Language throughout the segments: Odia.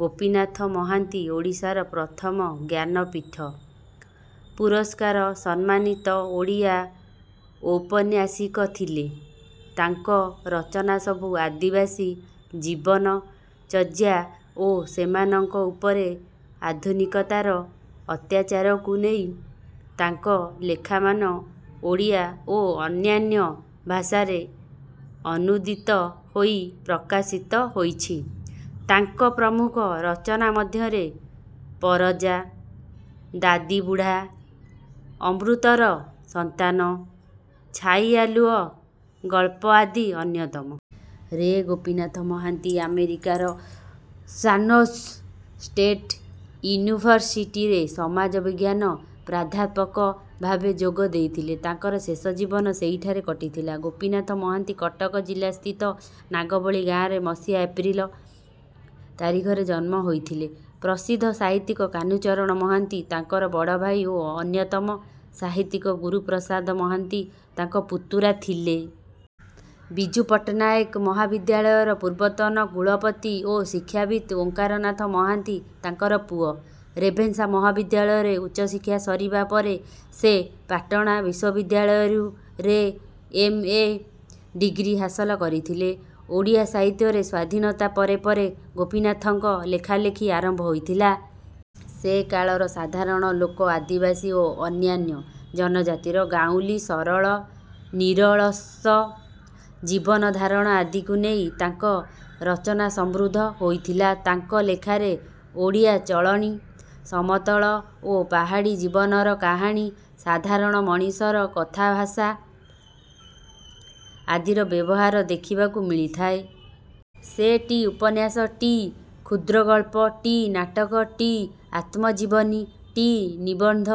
ଗୋପୀନାଥ ମହାନ୍ତି ଓଡ଼ିଶାର ପ୍ରଥମ ଜ୍ଞାନପୀଠ ପୁରସ୍କାର ସମ୍ମାନିତ ଓଡ଼ିଆ ଔପନ୍ୟାସିକ ଥିଲେ। ତାଙ୍କ ରଚନାସବୁ ଆଦିବାସୀ ଜୀବନଚର୍ଯ୍ୟା ଓ ସେମାନଙ୍କ ଉପରେ ଆଧୁନିକତାର ଅତ୍ୟାଚାରକୁ ନେଇ। ତାଙ୍କ ଲେଖାମାନ ଓଡ଼ିଆ ଓ ଅନ୍ୟାନ୍ୟ ଭାଷାରେ ଅନୁଦିତ ହୋଇ ପ୍ରକାଶିତ ହୋଇଛି। ତାଙ୍କ ପ୍ରମୁଖ ରଚନା ମଧ୍ୟରେ ପରଜା, ଦାଦିବୁଢ଼ା, ଅମୃତର ସନ୍ତାନ, ଛାଇଆଲୁଅ ଗଳ୍ପ ଆଦି ଅନ୍ୟତମ। ରେ ଗୋପୀନାଥ ମହାନ୍ତି ଆମେରିକାର ସାନ୍ଜୋସ୍ ଷ୍ଟେଟ୍ ୟୁନିଭର୍ସିଟିରେ ସମାଜବିଜ୍ଞାନ ପ୍ରାଧ୍ୟାପକ ଭାବେ ଯୋଗ ଦେଇଥିଲେ। ତାଙ୍କର ଶେଷ ଜୀବନ ସେହିଠାରେ କଟିଥିଲା। ଗୋପୀନାଥ ମହାନ୍ତି କଟକ ଜିଲ୍ଲା ସ୍ଥିତ ନାଗବଳି ଗାଆଁରେ ମସିହା ଏପ୍ରିଲ ତାରିଖରେ ଜନ୍ମ ହୋଇଥିଲେ। ପ୍ରସିଦ୍ଧ ସାହିତ୍ୟିକ କାହ୍ନୁଚରଣ ମହାନ୍ତି ତାଙ୍କର ବଡ଼ ଭାଇ ଓ ଅନ୍ୟତମ ସାହିତ୍ୟିକ ଗୁରୁପ୍ରସାଦ ମହାନ୍ତି ତାଙ୍କ ପୁତୁରା ଥିଲେ। ବିଜୁ ପଟ୍ଟନାୟକ ବିଶ୍ୱବିଦ୍ୟାଳୟର ପୂର୍ବତନ କୁଳପତି ଓ ଶିକ୍ଷାବିଦ୍ ଓଁକାରନାଥ ମହାନ୍ତି ତାଙ୍କର ପୁଅ। ରେଭେନ୍ସା ମହାବିଦ୍ୟାଳୟରେ ଉଚ୍ଚଶିକ୍ଷା ସରିବା ପରେ ସେ ପାଟଣା ବିଶ୍ୱବିଦ୍ୟାଳୟରୁ ରେ ଏମ. ଏ. ଡିଗ୍ରି ହାସଲ କରିଥିଲେ। ଓଡ଼ିଆ ସାହିତ୍ୟରେ ସ୍ୱାଧୀନତା ପରେ ପରେ ଗୋପୀନାଥଙ୍କ ଲେଖାଲେଖି ଆରମ୍ଭ ହୋଇଥିଲା। ସେ କାଳର ସାଧାରଣ ଲୋକ, ଆଦିବାସୀ ଓ ଅନ୍ୟାନ୍ୟ ଜନଜାତିର ଗାଉଁଲି ସରଳ, ନିରଳସ ଜୀବନଧାରଣ ଆଦିକୁ ନେଇ ତାଙ୍କ ରଚନା ସମୃଦ୍ଧ ହୋଇଥିଲା। ତାଙ୍କ ଲେଖାରେ ଓଡ଼ିଆ ଚଳଣି, ସମତଳ ଓ ପାହାଡ଼ି ଜୀବନର କାହାଣୀ, ସାଧାରଣ ମଣିଷର କଥାଭାଷା ଆଦିର ବ୍ୟବହାର ଦେଖିବାକୁ ମିଳିଥାଏ। ସେ ଟି ଉପନ୍ୟାସ, ଟି କ୍ଷୁଦ୍ରଗଳ୍ପ, ଟି ନାଟକ, ଟି ଆତ୍ମଜୀବନୀ, ଟି ନିବନ୍ଧ,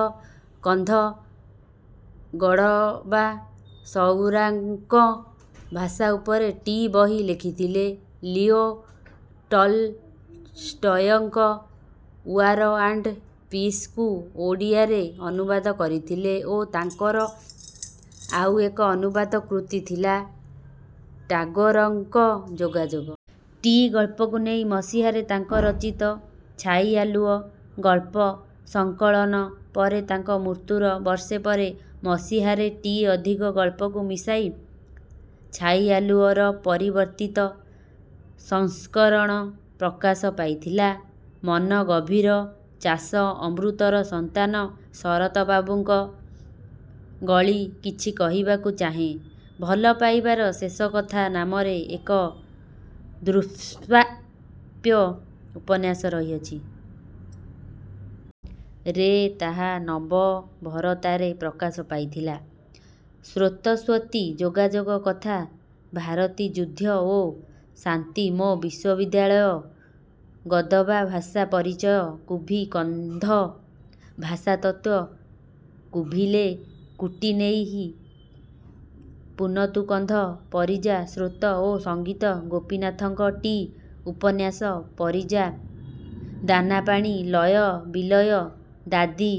କନ୍ଧ, ଗଡ଼ବା, ସଉରାଙ୍କ ଭାଷା ଉପରେ ଟି ବହି ଲେଖିଥିଲେ। ଲିଓ ଟଲଷ୍ଟୟଙ୍କ "ଉଆର ଆଣ୍ଡ ପିସ"କୁ ଓଡ଼ିଆରେ ଅନୁବାଦ କରିଥିଲେ ଓ ତାଙ୍କର ଆଉ ଏକ ଅନୁବାଦ କୃତି ଥିଲା ଟାଗୋରଙ୍କ "ଯୋଗାଯୋଗ"। ଟି ଗଳ୍ପକୁ ନେଇ ମସିହାରେ ତାଙ୍କ ରଚିତ " ଛାଇଆଲୁଅ " ଗଳ୍ପ-ସଂକଳନ ପରେ ତାଙ୍କ ମୃତ୍ୟୁର ବର୍ଷେ ପରେ ମସିହାରେ ଟି ଅଧିକ ଗଳ୍ପକୁ ମିଶାଇ " ଛାଇଆଲୁଅ "ର ପରିବର୍ଦ୍ଧିତ ସଂସ୍କରଣ ପ୍ରକାଶ ପାଇଥିଲା। ମନ ଗହୀର ଚାଷ ଅମୃତର ସନ୍ତାନ ଶରତବାବୁଙ୍କ ଗଳି କିଛି କହିବାକୁ ଚାହେଁ 'ଭଲପାଇବାର ଶେଷ କଥା ' ନାମରେ ଏକ ଦୁଷ୍ପ୍ରାପ୍ୟ ଉପନ୍ୟାସ ରହିଅଛି। ରେ ତାହା ନବଭରତାରେ ପ୍ରକାଶ ପାଇଥିଲା। ସ୍ରୋତସ୍ୱତୀ ଯୋଗାଯୋଗ କଥା ଭାରତୀ ଯୁଦ୍ଧ ଓ ଶାନ୍ତି ମୋ ବିଶ୍ୱବିଦ୍ୟାଳୟ ଗଦବା ଭାଷା ପରିଚୟ କୁଭି କନ୍ଧ ଭାଷାତତ୍ତ୍ୱ କୁଭିଲେ କୁଟିନେହି ପନତୁ କନ୍ଧ ପରଜା ସ୍ତ୍ରୋତ ଓ ସଙ୍ଗୀତ ଗୋପୀନାଥଙ୍କ ଟି ଉପନ୍ୟାସ- ପରଜା, ଦାନାପାଣି, ଲୟ ବିଲୟ, ଦାଦି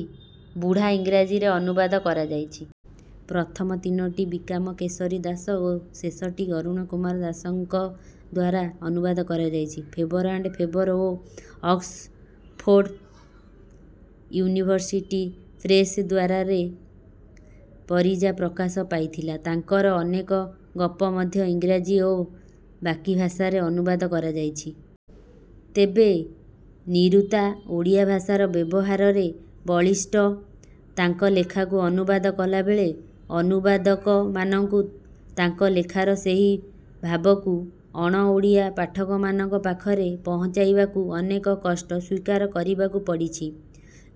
ବୁଢ଼ା ଇଂରାଜୀରେ ଅନୁବାଦ କରାଯାଇଛି। ପ୍ରଥମ ତିନୋଟି ବିକାମ କେଶରୀ ଦାସ ଓ ଶେଷଟି ଅରୁଣ କୁମାର ମହାନ୍ତିଙ୍କଦ୍ୱାରା ଅନୁବାଦ କରାଯାଇଛି। ଫେବର ଆଣ୍ଡ ଫେବର ଓ ଅକ୍ସଫୋର୍ଡ଼ ଇଉନିଭର୍ସିଟି ପ୍ରେସ ଦ୍ୱାରା ରେ ପରଜା' ପ୍ରକାଶ ପାଇଥିଲା। ତାଙ୍କର ଅନେକ ଗପ ମଧ୍ୟ ଇଂରାଜୀ ଓ ବାକି ଭାଷାରେ ଅନୁବାଦ କରାଯାଇଛି। ତେବେ ନିରୁତା ଓଡ଼ିଆ ଭାଷାର ବ୍ୟବହାରରେ ବଳିଷ୍ଠ ତାଙ୍କଲେଖାକୁ ଅନୁବାଦ କଲାବେଳେ ଅନୁବାଦକମାନଙ୍କୁ ତାଙ୍କ ଲେଖାର ସେହି ଭାବକୁ ଅଣ-ଓଡ଼ିଆ ପାଠକମାନଙ୍କ ପାଖରେ ପହଞ୍ଚାଇବାକୁ ଅନେକ କଷ୍ଟ ସ୍ୱୀକାର କରିବାକୁ ପଡ଼ିଛି।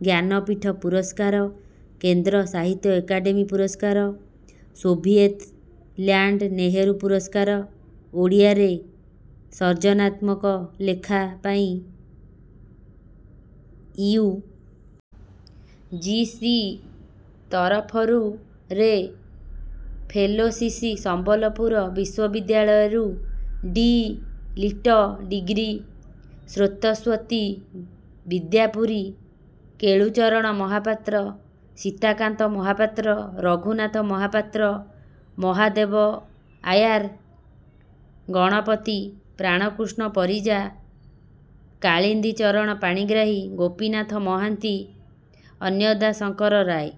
ଜ୍ଞାନପୀଠ ପୁରସ୍କାର, କେନ୍ଦ୍ର ସାହିତ୍ୟ ଏକାଡେମୀ ପୁରସ୍କାର, ସୋଭିଏତ ଲ୍ୟାଣ୍ଡ ନେହେରୁ ପୁରସ୍କାର, ଓଡ଼ିଆରେ ସର୍ଜନାତ୍ମକ ଲେଖା ପାଇଁ ଇଉ. ଜି. ସି. ତରଫରୁ ରେ ଫେଲୋସିପ ସମ୍ବଲପୁର ବିଶ୍ୱବିଦ୍ୟାଳୟରୁ D. Litt. Degree, Srotaswati. Bidyapuri. Kelucharan Mohapatra Sitakant Mahapatra Raghunath Mohapatra Mahadev Iyer Ganapati Pranakrushna Parija Kalindi Charan Panigrahi Gopinath Mohanty Annada Shankar ରାୟ।